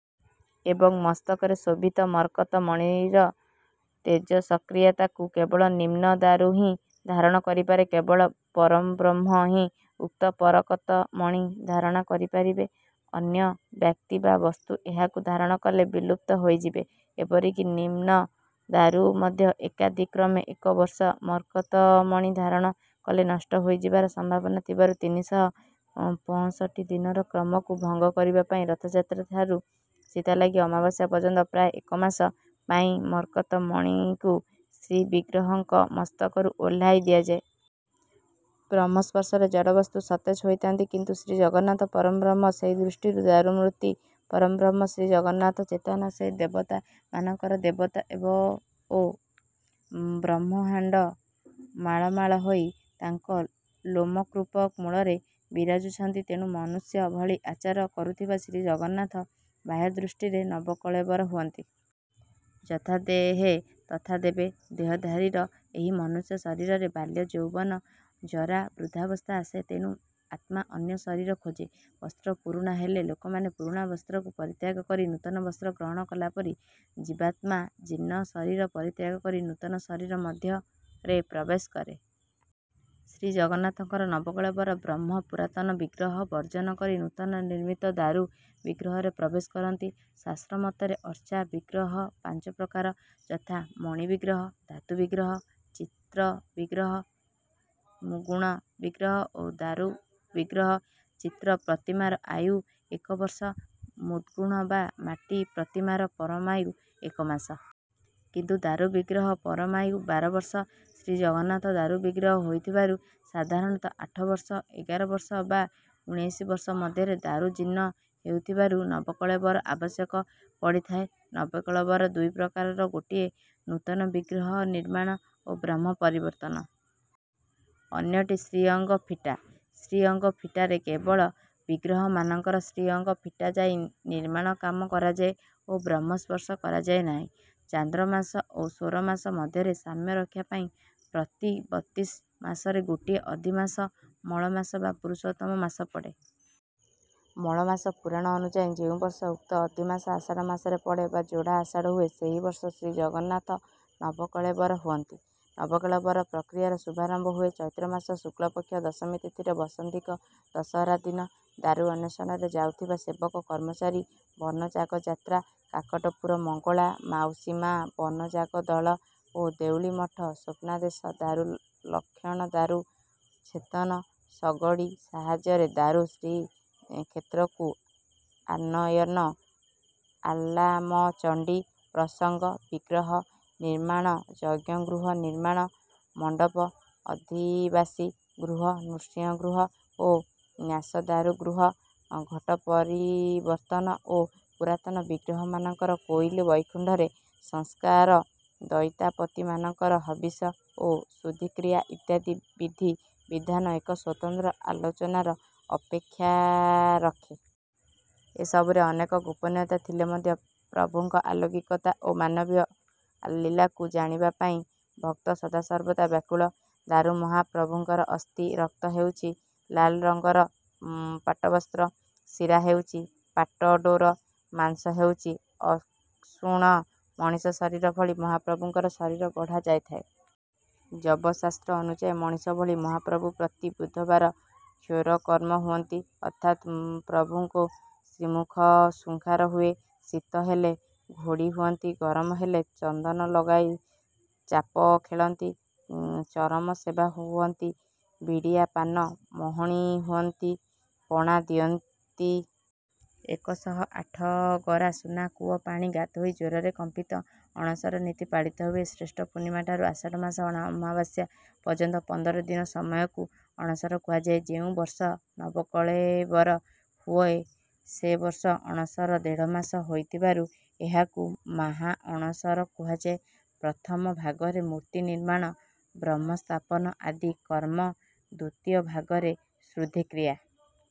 ଏବଂ ମସ୍ତକରେ ଶୋଭିତ ମରକତ ମଣିର ତେଜସକ୍ରିୟାତାକୁ କେବଳ ନିମ୍ବ ଦାରୁ ହିଁ ଧାରଣ କରିପାରେ। କେବଳ ପରଂବ୍ରହ୍ମ ହିଁ ଉକ୍ତ ମରକତ ମଣି ଧାରଣ କରିପାରିବେ। ଅନ୍ୟ ବ୍ୟକ୍ତି ବା ବସ୍ତୁ ଏହାକୁ ଧାରଣ କଲେ ବିଲୁପ୍ତ ହୋଇଯିବେ। ଏପରିକି ନିମ୍ବ ଦାରୁ ମଧ୍ୟ ଏକାଦିକ୍ରମେ ଏକ ବର୍ଷ ମରକତମଣି ଧାରଣ କଲେ ନଷ୍ଟ ହୋଇଯିବାର ସମ୍ଭାବନା ଥିବାରୁ ତିନି ଶହ ପଅଁଷଠି ଦିନର କ୍ରମକୁ ଭଙ୍ଗ କରିବା ପାଇଁ ରଥଯାତ୍ରା ଠାରୁ ଚିତାଲାଗି ଅମାବାସ୍ୟା ପର୍ଯ୍ୟନ୍ତ ପ୍ରାୟ ଏକମାସ ପାଇଁ ମରକତ ମଣିକୁ ଶ୍ରୀବିଗ୍ରହଙ୍କ ମସ୍ତକରୁ ଓହ୍ଲାଇ ଦିଆଯାଏ। ବ୍ରହ୍ମସ୍ପର୍ଶରେ ଜଡ଼ବସ୍ତୁ ସତେଜ ହୋଇଯାନ୍ତି। କିନ୍ତୁ ଶ୍ରୀଜଗନ୍ନାଥ ପରଂବ୍ରହ୍ମ। ସେହିଦୃଷ୍ଟିରୁ ଦାରୁମୂର୍ତି ପରଂବ୍ରହ୍ମ ଶ୍ରୀଜଗନ୍ନାଥ ଚେତନ। ସେ ଦେବତା ମାନଙ୍କର ଦେବତା ଏବଂ ଓ ବ୍ରମହାଣ୍ଡ ମାଳ ମାଳ ହୋଇ ତାଙ୍କ ଲୋମକୂପ ମୂଳରେ ବିରାଜୁଛନ୍ତି। ତେଣୁ ମନୁଷ୍ୟ ଭଳି ଆଚରଣ କରୁଥିବା ଶ୍ରୀଜଗନ୍ନାଥ ବାହ୍ୟଦୃଷ୍ଟିରେ ନବକଳେବର ହୁଅନ୍ତି। ଯଥାଦେହେ ତଥା ଦେବେ। ଦେହଧାରୀର ଏହି ମନୁଷ୍ୟ ଶରୀରରେ ବାଲ୍ୟ, ଯୌବନ, ଜରା, ବୃଦ୍ଧାବସ୍ଥା ଆସେ। ତେଣୁ ଆତ୍ମା ଅନ୍ୟ ଶରୀର ଖୋଜେ। ବସ୍ତ୍ର ପୁରୁଣା ହେଲେ ଲୋକମାନେ ପୁରୁଣା ବସ୍ତ୍ରକୁ ପରିତ୍ୟାଗ କରି ନୂତନ ବସ୍ତ୍ର ଗ୍ରହଣ କଲାପରି ଜୀବାତ୍ମା ଜୀର୍ଣ୍ଣ ଶରୀର ପରିତ୍ୟାଗ କରି ନୂତନ ଶରୀର ମଧ୍ୟରେ ପ୍ରବେଶ କରେ। ଶ୍ରୀଜଗନ୍ନାଥଙ୍କର ନବକଳେବରେ ବ୍ରହ୍ମ ପୁରାତନ ବିଗ୍ରହ ବର୍ଜନ କରି ନୂତନ ନିର୍ମିତ ଦାରୁ ବିଗ୍ରହରେ ପ୍ରବେଶ କରନ୍ତି। ଶାସ୍ତ୍ର ମତରେ, ଅର୍ଚା ବିଗ୍ରହ ପାଞ୍ଚ ପ୍ରକାର। ଯଥା- ମଣିବିଗ୍ରହ, ଧାତୁବିଗ୍ରହ, ଚିତ୍ର ବିଗ୍ରହ, ମୃଣ୍ମ ୟ ବିଗ୍ରହ ଓ ଦାରୁ ବିଗ୍ରହ। ଚିତ୍ର ପ୍ରତିମାର ଆୟୁ ଏକ ବର୍ଷ। ମୃଣ୍ମୟ ବା ମାଟି ପ୍ରତିମାର ପରମାୟୁ ଏକ ମାସ। କିନ୍ତୁ ଦାରୁ ବିଗ୍ରହ ପରମାୟୁ ବାର ବର୍ଷ। ଶ୍ରୀଜଗନ୍ନାଥ ଦାରୁ ବିଗ୍ରହ ହୋଇଥିବାରୁ ସାଧାରଣତଃ ଆଠ ବର୍ଷ, ଏଗାର ବର୍ଷ ବା ଉଣେଇଶି ବର୍ଷ ମଧ୍ୟରେ ଦାରୁ ଜୀର୍ଣ୍ଣ ହେଉଥିବାରୁ ନବକଳେବରର ଆବଶ୍ୟକ ପଡିଥାଏ। ନବକଳେବର ଦୁଇ ପ୍ରକାରର ଗୋଟିଏ ନୂତନ ବିଗ୍ରହ ନିର୍ମାଣ ଓ ବ୍ରହ୍ମ ପରିବର୍ତ୍ତନ। ଅନ୍ୟଟି 'ଶ୍ରୀଅଙ୍ଗ ଫିଟା। ଶ୍ରୀଅଙ୍ଗ ଫିଟାରେ କେବଳ ବିଗ୍ରହ ମାନଙ୍କ ଶ୍ରୀଅଙ୍ଗ ଫିଟାଯାଇ ନିର୍ମାଣକାମ କରାଯାଏ ଓ ବ୍ରହ୍ମ ସ୍ପର୍ଶ କରାଯାଏ ନାହିଁ। ଚାନ୍ଦ୍ରମାସ ଓ ସୌରମାସ ମଧ୍ୟରେ ସାମ୍ୟ ରକ୍ଷା ପାଇଁ ପ୍ରତି ବତିଶି ମାସରେ ଗୋଟିଏ ଅଧିମାସ, ମଳ ମାସ ବା ପୁରୁଷୋତ୍ତମ ମାସ ପଡେ। ମଳମାସ ପୁରାଣ ଅନୁଯାୟୀ ଯେଉଁବର୍ଷ ଉକ୍ତ ଅଧିମାସ ଆଷାଢ଼ ମାସରେ ପଡେ ବା ଯୋଡ଼ା ଆଷାଢ଼ ହୁଏ ସେହି ବର୍ଷ ଶ୍ରୀଜଗନ୍ନାଥ ନବକଳେବର ହୁଅନ୍ତି। ନବକଳେବର ପ୍ରକିୟାର ଶୁଭାରମ୍ଭ ହୁଏ। ଚୈତ୍ରମାସ ଶୁକ୍ଳପକ୍ଷ ଦଶମୀ ତିଥିରେ। ବସନ୍ତିକ ଦଶହରା ଦିନ। ଦାରୁ ଅନ୍ୱେଷଣରେ ଯାଉଥିବା ସେବକ, କର୍ମଚାରୀ, ବନଯାଗଯାତ୍ରା, କାକଟପୁର ମଙ୍ଗଳା, ମାଉସୀ ମା, ବନଯାଗ ଦଳ ଓ ଦେଉଳିମଠ, ସ୍ୱପ୍ନାଦେଶ, ଦାରୁ ଲକ୍ଷଣ, ଦାରୁ ଛେଦନ, ଶଗଡି ସାହାଯ୍ୟରେ ଦାରୁ ଶ୍ରୀକ୍ଷେତ୍ରକୁ ଆନୟନ, ଆଲାମଚଣ୍ଡୀ ପ୍ରସଙ୍ଗ, ବିଗ୍ରହ ନିର୍ମାଣ, ଯଜ୍ଞଗୃହ, ନିର୍ମାଣ ମଣ୍ଡପ, ଅଧିବାସୀ ଗୃହ, ନୃସିଂହଗୃହ ଓ ନ୍ୟାସଦାରୁଗୃହ, ଘଟ ପରିବର୍ତନ ଓ ପୁରାତନ ବିଗ୍ରହମାନଙ୍କର କୋଇଲି ବୈକୁଣ୍ଠରେ ସଂସ୍କାର, ଦଇତାପତିମାନଙ୍କର ହବିଷ୍ୟ ଓ ଶୁଦ୍ଧିକ୍ରିୟା ଇତ୍ୟାଦି ବିଧି ବିଧାନ ଏକ ସ୍ୱତନ୍ତ୍ର ଆଲୋଚନାର ଅପେକ୍ଷା ରଖେ। ଏସବୁରେ ଅନେକ ଗୋପନୀୟତା ଥିଲେ ମଧ୍ୟ ପ୍ରଭୁଙ୍କ ଅଲୌକିକତା ଓ ମାନବୀୟ ଲୀଳାକୁ ଜାଣିବା ପାଇଁ ଭକ୍ତ ସଦାସର୍ବଦା ବ୍ୟାକୁଳ। ଦାରୁ ମହା ପ୍ରଭୁଙ୍କର ଅସ୍ଥି। ରକ୍ତ ହେଉଛି ଲାଲ ରଙ୍ଗର ପଟ୍ଟବସ୍ତ୍ର। ଶିରା ହେଉଛି ପାଟ ଡୋର। ମାଂସ ହେଉଛି ଅଷୁଅ। ମଣିଷ ଶରୀର ଭଳି ମହାପ୍ରଭୁଙ୍କ ଶରୀର ଗଢ଼ା ଯାଇଥାଏ। ଯବଶାସ୍ତ୍ର ଅନୁଯାୟୀ ମଣିଷ ଭଳି ମହାପ୍ରଭୁ ପ୍ରତି ବୁଧବାର କ୍ଷୌର କର୍ମ ହୁଅନ୍ତି। ଅର୍ଥାତ ପ୍ରଭୁଙ୍କୁ ଶ୍ରୀମୁଖ ଶୃଙ୍ଗାର ହୁଏ। ଶୀତ ହେଲେ ଘୋଡ଼ି ହଅନ୍ତି। ଗରମ ହେଲେ ଚନ୍ଦନ ଲଗାଇ ଚାପ ଖେଳନ୍ତି। ଚରମ ସେବା ହୁଅନ୍ତି। ବିଡିଆ ପାନ ମହୋଣି ହୁଅନ୍ତି। ପଣା ପିଅନ୍ତି। ଏକ ଶହ ଆଠ ଗରା ସୁନା କୂଅ ପାଣି ଗାଧୋଇ ଜ୍ୱରରେ କମ୍ପତି। ଅଣସର ନୀତି ପାଳିତ ହୁଏ। ଜ୍ୟେଷ୍ଠ ପୂର୍ଣ୍ଣିମା ଠାରୁ ଆଷାଢ଼ ମାସ ଅମାବାସ୍ୟା ପର୍ଯ୍ୟନ୍ତ ପନ୍ଦର ଦିନ ସମୟକୁ ଅଣସର କୁହାଯାଏ। ଯେଉଁ ବର୍ଷ ନବକଳେବର ହୁଏ, ସେ ବର୍ଷ ଅଣସର ଦେଢମାସ ହେଇଥିବାରୁ ଏହାକୁ ମାହାଅଣସର କୁହାଯାଏ। ପ୍ରଥମ ଭାଗରେ ମୂର୍ତ୍ତି ନିର୍ମାଣ, ବ୍ରହ୍ମସ୍ଥାପନ ଆଦି କର୍ମ, ଦୁତୀୟ ଭାଗରେ ଶୁଦ୍ଧିକ୍ରିୟା